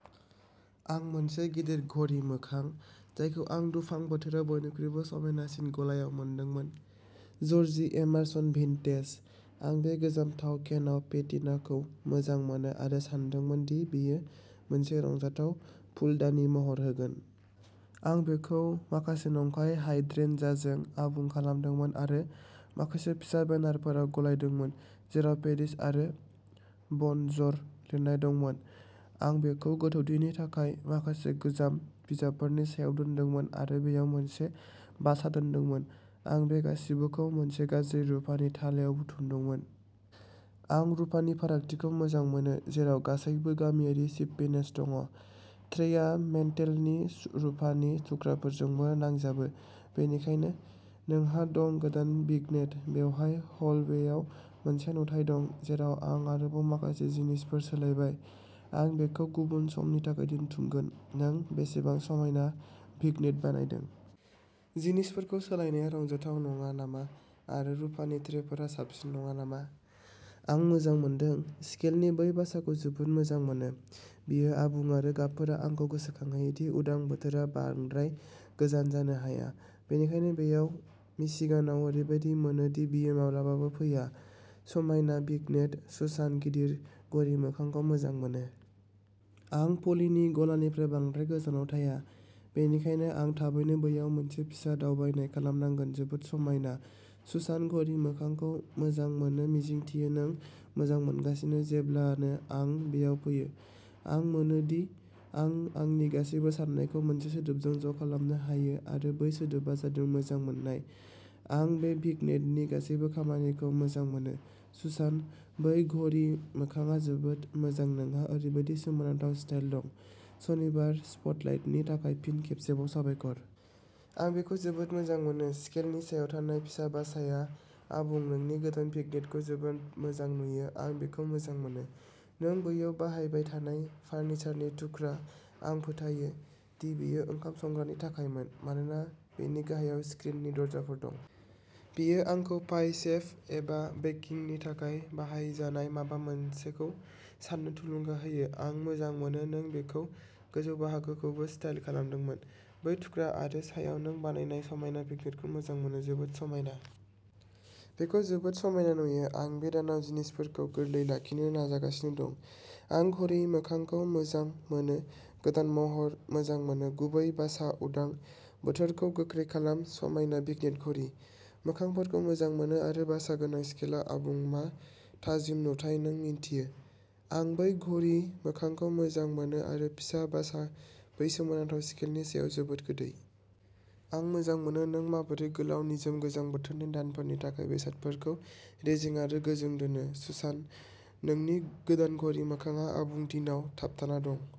आं मोनसे गिदिर घरि मोखां, जायखौ आं दुफां बोथोराव बयनिख्रुइबो समायनासिन गलायाव मोनदोंमोन, जर्जि एमारसन भिन्टेज। आं बे गोजाम थाव केनआव पेटिनाखौ मोजां मोनो आरो सानदोंमोन दि बेयो मोनसे रंजाथाव फुलदानि महर होगोन। आं बेखौ माखासे नंखाय हाइड्रेन्जाजों आबुं खालामदोंमोन आरो माखासे फिसा बेनारफोराव गलायदोंमोन जेराव पेरिस आरो बनजर' लिरनाय दंमोन। आं बेखौ गोजौथिनि थाखाय माखासे गोजाम बिजाबफोरनि सायाव दोनदोंमोन आरो बेयाव मोनसे बासा दोनदोंमोन। आं बे गासिबोखौ मोनसे गाज्रि रुफानि थालायाव बुथुमदोंमोन। आं रुफानि फारागथिखौ मोजां मोनो, जेराव गासैबो गामियारि सिप्पिनेस दं। ट्रेआ मेन्टेलनि रुफानि थुख्राफोरजोंबो नांजाबो। बेनिखायनो नोंहा दं गोदान भिग्नेट। बेवहाय हलवेयाव मोनसे नुथाइ दं, जेराव आं आरोबाव माखासे जिनिसफोर सोलायबाय। आं बेखौ गुबुन समनि थाखाय दोनथुमगोन नों बेसेबां समायना भिग्नेट बानायदों। जिनिसफोरखौ सोलायनाया रंजाथाव नङा नामा आरो रुफानि ट्रेफोरा साबसिन नङा नामा? आं मोजां मोनदों। स्केलनि बै बासाखौ जोबोद मोजां मोनो। बेयो आबुं आरो गाबफोरा आंखौ गोसोखांहोयो दि उदां बोथोरा बांद्राय गोजान जानो हाया, बबेखानि बेयाव मिशिगानाव ओरैबायदि मोनो दि बेयो माब्लाबाबो फैया समायना भिग्नेट, सुसान गिदिर घरि मोखांखौ मोजां मोनो। आं पलिनि गलानिफ्राय बांद्राय गोजानाव थाया, बेनिखायनो आं थाबैनो बैयाव मोनसे फिसा दावबायनाय खालामनांगोन जोबोद समायना, सुसान घरि मोखांखौ मोजां मोनो मिजिंथियो नों मोजां मोनगासिनो जेब्लानो आं बेयाव फैयो, आं मोनो दि आं आंनि गासैबो साननायखौ मोनसे सोदोबजों ज' खालामनो हायो आरो बै सोदोबआ जादों मोजां मोननाय आं बे भिग्नेटनि गासैबो खामानिखौ मोजां मोनो, सुसान बै घरि मोखांआ जोबोद मोजां नोंहा ओरैबायदि सोमोनांथाव स्टाइल दं सनिबार स्पटलाइटनि थाखाय फिन खेबसेबाव साबायखर। आं बेखौ जोबोद मोजां मोनो स्केलनि सायाव थानाय फिसा बासाया आबुं नोंनि गोदान भिग्नेटखौ जोबोद मोजां नुयो आं बेखौ मोजां मोनो। नों बैयाव बाहायबाय थानाय फार्निचारनि थुख्रा। आं फोथायो दि बेयो ओंखाम संग्रानि थाखायमोन, मानोना बेनि गाहायाव स्क्रिननि दरजाफोर दं। बेयो आंखौ पाइ सेफ एबा बेकिंगनि थाखाय बाहायजानाय माबा मोनसेखौ सान्नो थुलुंगा होयो। आं मोजां मोनो नों बेनि गोजौ बाहागोखौबो स्टाइल खालामदोंमोन। बै थुख्रा आरो सायाव नों बानायनाय समायना भिग्नेटखौ मोजां मोनो। जोबोद समायना। बेखौ जोबोद समायना नुयो। आं बे दानाव जिनिसफोरखौ गोरलै लाखिनो नाजागासिनो दं। आं घरि मोखांखौ मोजां मोनो गोदान महरखौ मोजां मोनो, गुबैयै बासा उदां बोथोरखौ गोख्रै खालाम समायना भिग्नेट घरि मोखांफोरखौ मोजां मोनो आरो बासा गोनां स्केलआ आबुं मा थाजिम नुथाय नों मिन्थियो आं बै घरि मोखांखौ मोजां मोनो आरो फिसा बासा बै सोमोनांथाव स्केलनि सायाव जोबोद गोदै। आं मोजां मोनो नों माबोरै गोलाव निजोम गोजां बोथोरनि दानफोरनि थाखाय बेसादफोरखौ रेजें आरो गोजों दोनो, सुसान। नोंनि गोदान घरि मोखांआ आबुं दिनाव थाबथाना दं।